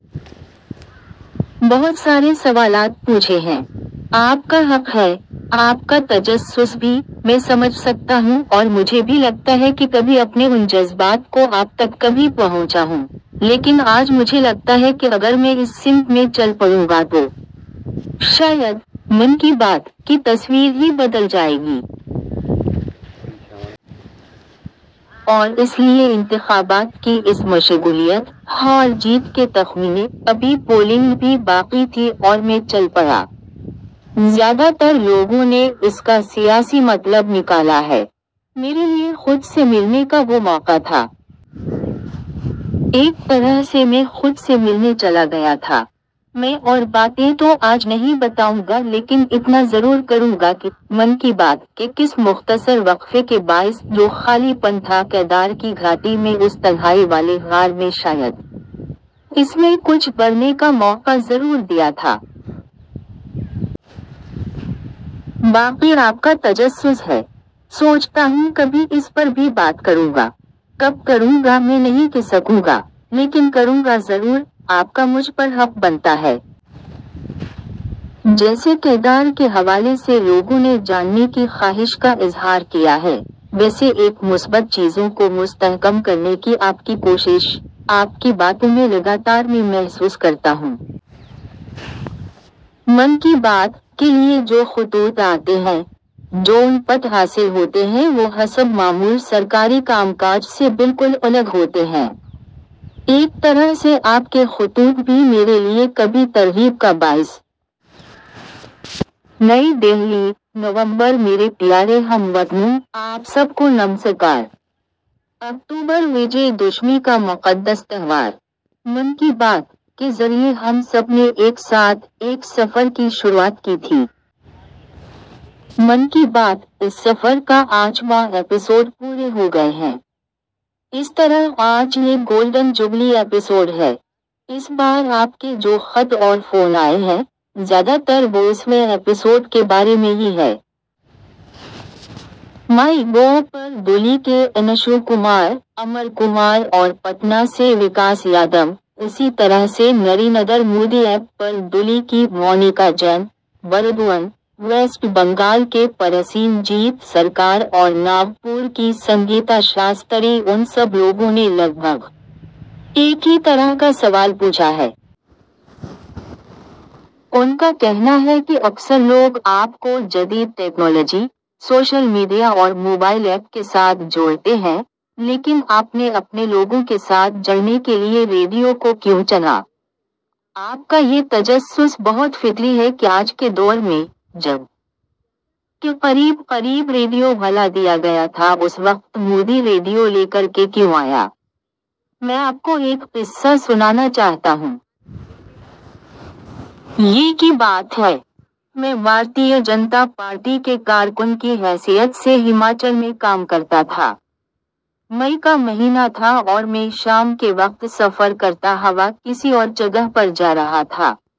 بہت سارے سوالات پوچھے ہیں۔ آپ کا حق ہے، آپ کا تجسس بھی، میں سمجھ سکتا ہوں اور مجھے بھی لگتا ہے کہ کبھی اپنے ان جذبات کو آپ تک کبھی پہنچا ہوں، لیکن آج مجھے لگتا ہے کہ اگر میں اس سمت میں چل پڑوں گا تو شاید 'من کی بات' کی تصویر ہی بدل جائے گی۔ اور اس لیے انتخابات کی اس مشغولیت، ہار جیت کے تخمینے، ابھی پولنگ بھی باقی تھی اور میں چل پڑا۔ زیادہ تر لوگوں نے اس کا سیاسی مطلب نکالا ہے۔ میرے لیے خود سے ملنے کا وہ موقع تھا۔ ایک طرح سے میں خود سے ملنے چلا گیا تھا۔ میں اور باتیں تو آج نہیں بتاؤں گا لیکن اتنا ضرور کروں گا کہ 'من کی بات' کے کس مختصر وقفے کے باعث جو خالی پن تھا کیدار کی گھاٹی میں اُس تنہائی والے غار میں شاید اس میں کچھ بھرنے کا موقع ضرور دیا تھا۔ باقی آپ کا تجسس ہے۔ سوچتا ہوں کبھی اس پر بھی بات کروں گا۔ کب کروں گا میں نہیں کہ سکوں گا، لیکن کروں گا ضرور، آپ کا مجھ پر حق بنتا ہے۔ جیسے کیدار کے حوالے سے لوگوں نے جاننے کی خواہش کا اظہار کیا ہے، ویسے ایک مثبت چیزوں کو مستحکم کرنے کی آپ کی کوشش، آپ کی باتوں میں لگاتار میں محسوس کرتا ہوں۔ 'من کی بات' کے لیے جو خطوط آتے ہیں، جو ان پٹ حاصل ہوتے ہیں وہ حسب معمول سرکاری کام کاج سے بالکل الگ ہوتے ہیں۔ ایک طرح سے آپ کے خطوط بھی میرے لیے کبھی ترغیب کا باعث. نئی دہلی، / نومبر میرے پیارے ہم وطنوں، آپ سب کو نمسکار! اکتوبر وجے دشمی کا مقدس تہوار۔ 'من کی بات' کے ذریعے ہم سب نے ایک ساتھ، ایک سفر کی شروعات کی تھی۔ 'من کی بات'، اس سفر کا آج واں ایپیسوڈ پورے ہوگئے ہیں۔ اس طرح آج یہ گولڈن جوبلی ایپیسوڈ ہے۔ اس بار آپ کے جو خط اور فون آئے ہیں، زیادہ تر وہ اس ویں ایپیسوڈ کے بارے میں ہی ہے۔ مائی گوو پر دلّی کے انشو کمار، امر کمار اور پٹنہ سے وکاس یادو، اسی طرح سے نریندر مودی ایپ پر دلّی کی مونیکا جین، بردوان، ویسٹ بنگال کے پرسین جیت سرکار اور ناگپور کی سنگیتا شاستری ان سب لوگوں نے لگ بھگ ایک ہی طرح کا سوال پوچھا ہے۔ ان کا کہنا ہے کہ اکثر لوگ آپ کو جدید ٹیکنالوجی، سوشل میڈیا اور موبائل ایپ کے ساتھ جوڑتے ہیں، لیکن آپ نے اپنے لوگوں کے ساتھ جڑنے کے لیے ریڈیو کو کیوں چنا؟ آپ کا یہ تجسس بہت فطری ہے کہ آج کے دور میں، جب کہ قریب قریب ریڈیو بھلا دیا گیا تھا اس وقت مودی ریڈیو لے کر کے کیوں آیا؟ میں آپ کو ایک قصہ سنانا چاہتا ہوں۔ یہ کی بات ہے، میں بھارتیہ جنتا پارٹی کے کارکن کی حیثیت سے ہماچل میں کام کرتا تھا۔ مئی کا مہینہ تھا اور میں شام کے وقت سفر کرتا ہوا کسی اور جگہ پر جا رہا تھا۔